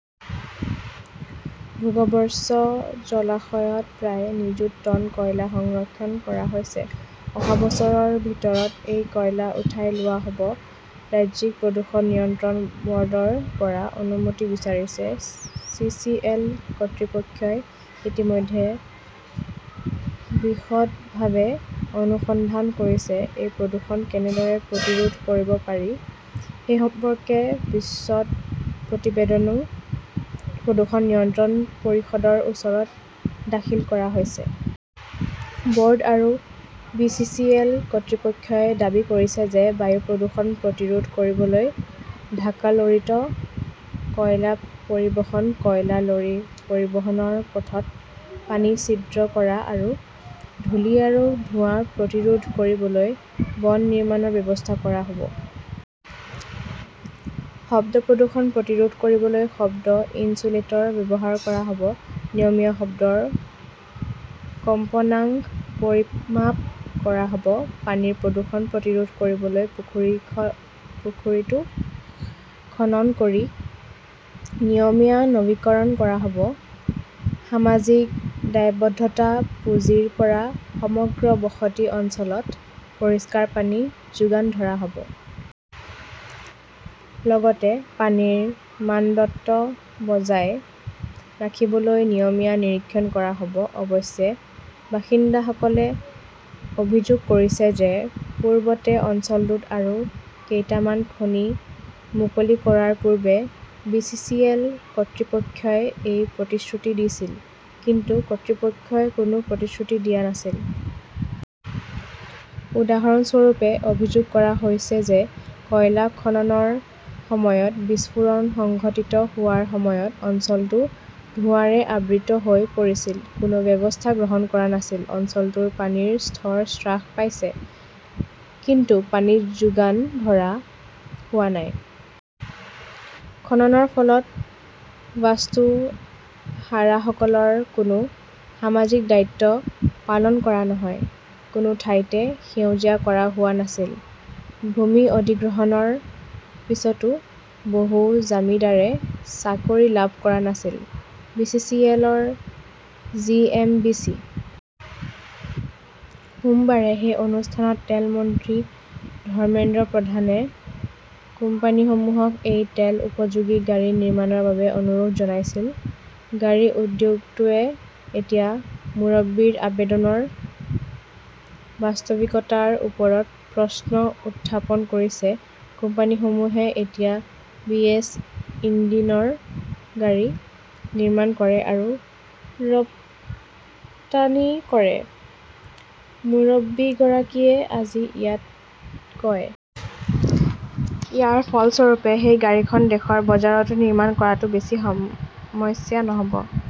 ভূগৰ্ভস্থ জলাশয়ত প্ৰায় নিযুত টন কয়লা সংৰক্ষণ কৰা হৈছে। অহা বছৰৰ ভিতৰত এই কয়লা উঠাই লোৱা হব। ৰাজ্যিক প্ৰদূষণ নিয়ন্ত্ৰণ বৰ্ডৰ পৰা অনুমতি বিচাৰিছে। চি. চি. এল. কৰ্তৃপক্ষই ইতিমধ্যে বিশদভাৱে অনুসন্ধান কৰিছে। এই প্ৰদূষণ কেনেদৰে প্ৰতিৰোধ কৰিব পাৰি, সেই সম্পৰ্কে বিশদ প্ৰতিবেদনো প্ৰদূষণ নিয়ন্ত্ৰণ পৰিষদৰ ওচৰত দাখিল কৰা হৈছে। বৰ্ড আৰু বি. চি. চি. এল. কৰ্তৃপক্ষই দাবী কৰিছে যে, বায়ু প্ৰদূষণ প্ৰতিৰোধ কৰিবলৈ ঢাকা লৰীত কয়লা পৰিবহণ, কয়লা লৰি পৰিবহণৰ পথত পানী ছিদ্ৰ কৰা আৰু ধূলি আৰু ধোঁৱা প্ৰতিৰোধ কৰিবলৈ বন নিৰ্মাণৰ ব্যৱস্থা কৰা হব। শব্দ প্ৰদূষণ প্ৰতিৰোধ কৰিবলৈ শব্দ ইনচুলেটৰ ব্যৱহাৰ কৰা হব। নিয়মীয়া শব্দৰ কম্পনাংক পৰিমাপ কৰা হব। পানীৰ প্ৰদূষণ প্ৰতিৰোধ কৰিবলৈ পুখুৰীটো খনন কৰি নিয়মীয়া নৱীকৰণ কৰা হব, সামাজিক দায়বদ্ধতা পুঁজিৰ পৰা সমগ্ৰ বসতি অঞ্চলত পৰিষ্কাৰ পানী যোগান ধৰা হব। লগতে পানীৰ মানদণ্ড বজাই ৰাখিবলৈ নিয়মীয়া নিৰীক্ষণ কৰা হব। অৱশ্যে বাসিন্দাসকলে অভিযোগ কৰিছে যে, পূৰ্বতে অঞ্চলটোত আৰু কেইটামান খনি মুকলি কৰাৰ পূৰ্বে বি. চি. চি. এল. কৰ্তৃপক্ষই এই প্ৰতিশ্ৰুতি দিছিল। কিন্তু কৰ্তৃপক্ষই কোনো প্ৰতিশ্ৰুতি দিয়া নাছিল। উদাহৰণস্বৰূপে, অভিযোগ কৰা হৈছে যে, কয়লা খননৰ সময়ত বিস্ফোৰণ সংঘটিত হোৱাৰ সময়ত অঞ্চলটো ধোঁৱাৰে আবৃত হৈ পৰিছিল। কোনো ব্যৱস্থা গ্ৰহণ কৰা নাছিল। অঞ্চলটোৰ পানীৰ স্তৰ হ্ৰাস পাইছে। কিন্তু পানী যোগান ধৰা হোৱা নাই। খননৰ ফলত বাস্তুহাৰাসকলৰ কোনো সামাজিক দায়িত্ব পালন কৰা নহয়। কোনো ঠাইতে সেউজীয়া কৰা হোৱা নাছিল। ভূমি অধিগ্ৰহণৰ পিছতো বহু জমিদাৰে চাকৰি লাভ কৰা নাছিল। বি. চি. চি. এল. -ৰ জি. এম. বি. চি. সোমবাৰে সেই অনুষ্ঠানত তেল মন্ত্ৰী ধৰ্মেন্দ্ৰ প্ৰধানে কোম্পানীসমূহক এই তেল-উপযোগী গাড়ী নিৰ্মাণৰ বাবে অনুৰোধ জনাইছিল। গাড়ী উদ্যোগটোৱে এতিয়া মুৰব্বীৰ আবেদনৰ বাস্তৱিকতাৰ ওপৰত প্ৰশ্ন উত্থাপন কৰিছে। "কোম্পানীসমূহে এতিয়া বিএছ- ইঞ্জিনৰ গাড়ী নিৰ্মাণ কৰে আৰু ৰপ্তানি কৰে", মুৰব্বীগৰাকীয়ে আজি ইয়াত কয়। ইয়াৰ ফলস্বৰূপে সেই গাড়ীখন দেশৰ বজাৰতো নিৰ্মাণ কৰাটো বেছি সমস্যা নহব।